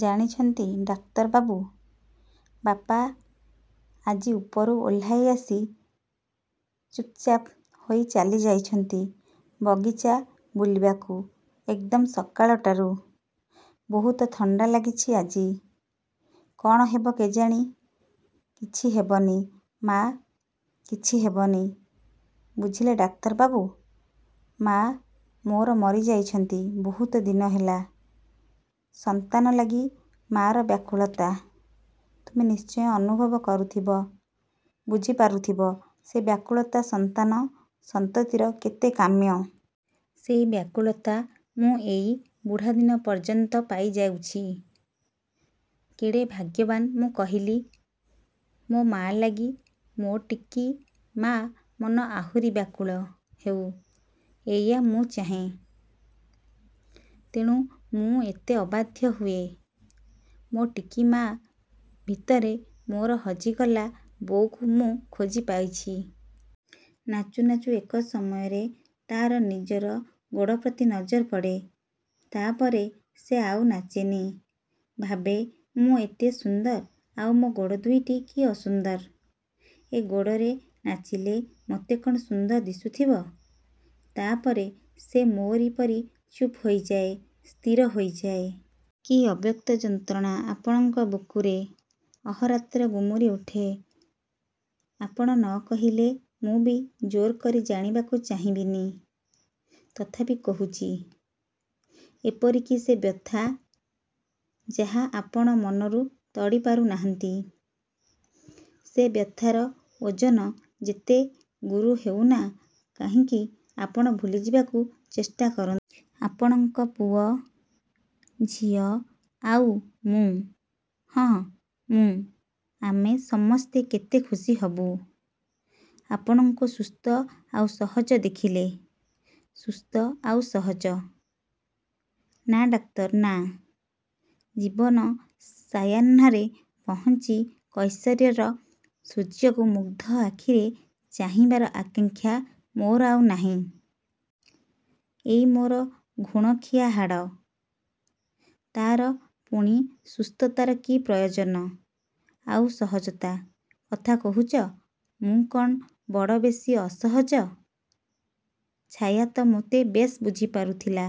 ଜାଣିଛନ୍ତି ଡାକ୍ତରବାବୁ-ବାପା। ଆଜି ଉପରୁ ଓହ୍ଲାଇଆସି ଚୁପ୍ଚାପ୍ ହୋଇ ଚାଲିଯାଇଛନ୍ତି ବଗିଚା ବୁଲିବାକୁ ଏକ୍ଦମ୍ ସକାଳଟାରୁ। ବହୁତ ଥଣ୍ଡା ଲାଗିଛି ଆଜି, କ'ଣ ହେବ କେଜାଣି। କିଛି ହେବନି ମା', କିଛି ହେବନି। ବୁଝିଲେ ଡାକ୍ତରବାବୁ-ମାଆ ମୋର ମରିଯାଇଛନ୍ତି ବହୁତ ଦିନ ହେଲା। ସନ୍ତାନ ଲାଗି ମା'ର ବ୍ୟାକୁଳତା ତୁମେ ନିଶ୍ଚୟ ଅନୁଭବ କରୁଥିବ, ବୁଝିପାରୁଥିବ ସେଇ ବ୍ୟାକୁଳତା ସନ୍ତାନ ସନ୍ତତିର କେତେ କାମ୍ୟ। ସେଇ ବ୍ୟାକୁଳତା ମୁଁ ଏଇ ବୁଢ଼ାଦିନ ପର୍ଯ୍ୟନ୍ତ ପାଇଯାଉଛି। କେଡ଼େ ଭାଗ୍ୟବାନ ମୁଁ କହିଲି। ମୋ ଲାଗି ମୋ ଟିକି ମାଆ ମନ ଆହୁରି ବ୍ୟାକୁଳ ହେଉ ଏଇଆ ମୁଁ ଚାହେଁ। ତେଣୁ ମୁଁ ଏତେ ଅବାଧ୍ୟ ହୁଏ। ମୋ ଟିକି ମା' ଭିତରେ ମୋର ହଜିଗଲା ବୋଉକୁ ମୁଁ ଖୋଜିପାଇଛି। ନାଚୁ ନାଚୁ ଏକ ସମୟରେ ତା'ର ନିଜର ଗୋଡ଼ ପ୍ରତି ନଜର ପଡ଼େ। ତାପରେ ସେ ଆଉ ନାଚେନି। ଭାବେ ମୁଁ ଏତେ ସୁନ୍ଦର ଆଉ ମୋ ଗୋଡ଼ ଦୁଇଟି କି ଅସୁନ୍ଦର। ଏ ଗୋଡ଼ରେ ନାଚିଲେ ମୋତେ କ'ଣ ସୁନ୍ଦର ଦିଶୁଥିବ। ତାପରେ ସେ ମୋରି ପରି ଚୁପ୍ ହୋଇଯାଏ, ସ୍ଥିର ହୋଇଯାଏ। କି ଅବ୍ୟକ୍ତ ଯନ୍ତ୍ରଣା ଆପଣଙ୍କ ବୁକୁରେ ଅହୋରାତ୍ର ଗୁମୁରି ଗୁମୁରି ଉଠେ। ଆପଣ ନ କହିଲେ ମୁଁ ବି ଜୋର କରି ଜାଣିବାକୁ ଚାହିଁବିନି। ତଥାପି କହୁଛି-ଏପରିକି ସେ ବ୍ୟଥା, ଯାହା ଆପଣ ମନରୁ ତଡ଼ି ପାରୁନାହାନ୍ତି। ସେ ବ୍ୟଥାର ଓଜନ ଯେତେ ଗୁରୁ ହେଉନା କାହିଁକି ଆପଣ ଭୁଲିଯିବାକୁ ଚେଷ୍ଟା କରନ୍ତୁ। ଆପଣଙ୍କ ପୁଅ, ଝିଅ ଆଉ ମୁଁ-ହଁ, ମୁଁ-ଆମେ ସମସ୍ତେ କେତେ ଖୁସି ହବୁ, ଆପଣଙ୍କୁ ସୁସ୍ଥ ଆଉ ସହଜ ଦେଖିଲେ। ସୁସ୍ଥ ଆଉ ସହଜ! ନା ଡାକ୍ତର ନା, ଜୀବନ ସାୟାହ୍ନରେ ପହଞ୍ଚି କୈଶୋରର ସୂର୍ଯ୍ୟକୁ ମୁଗ୍ଧ ଆଖିରେ ଚାହିଁବାର ଆକାଂକ୍ଷା ମୋର ଆଉ ନାହିଁ। ଏଇ ମୋର ଘୁଣଖିଆ ହାଡ଼, ତା'ର ପୁଣି ସୁସ୍ଥତାର କି ପ୍ରୟୋଜନ! ଆଉ ସହଜତା କଥା କହୁଛ, ମୁଁ କ'ଣ ବଡ଼ ବେଶୀ ଅସହଜ! ଛାୟା ତ ମୋତେ ବେଶ୍ ବୁଝିପାରୁଥିଲା,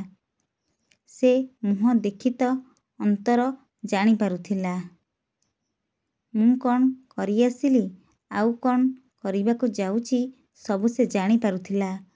ସେ ମୁହଁ ଦେଖିତ ଅନ୍ତର ଜାଣିପାରୁଥିଲା। ମୁଁ କ'ଣ କରିଆସିଲି ଆଉ କ'ଣ କରିବାକୁ ଯାଉଛି, ସବୁ ସେ ଜାଣିପାରୁଥିଲା।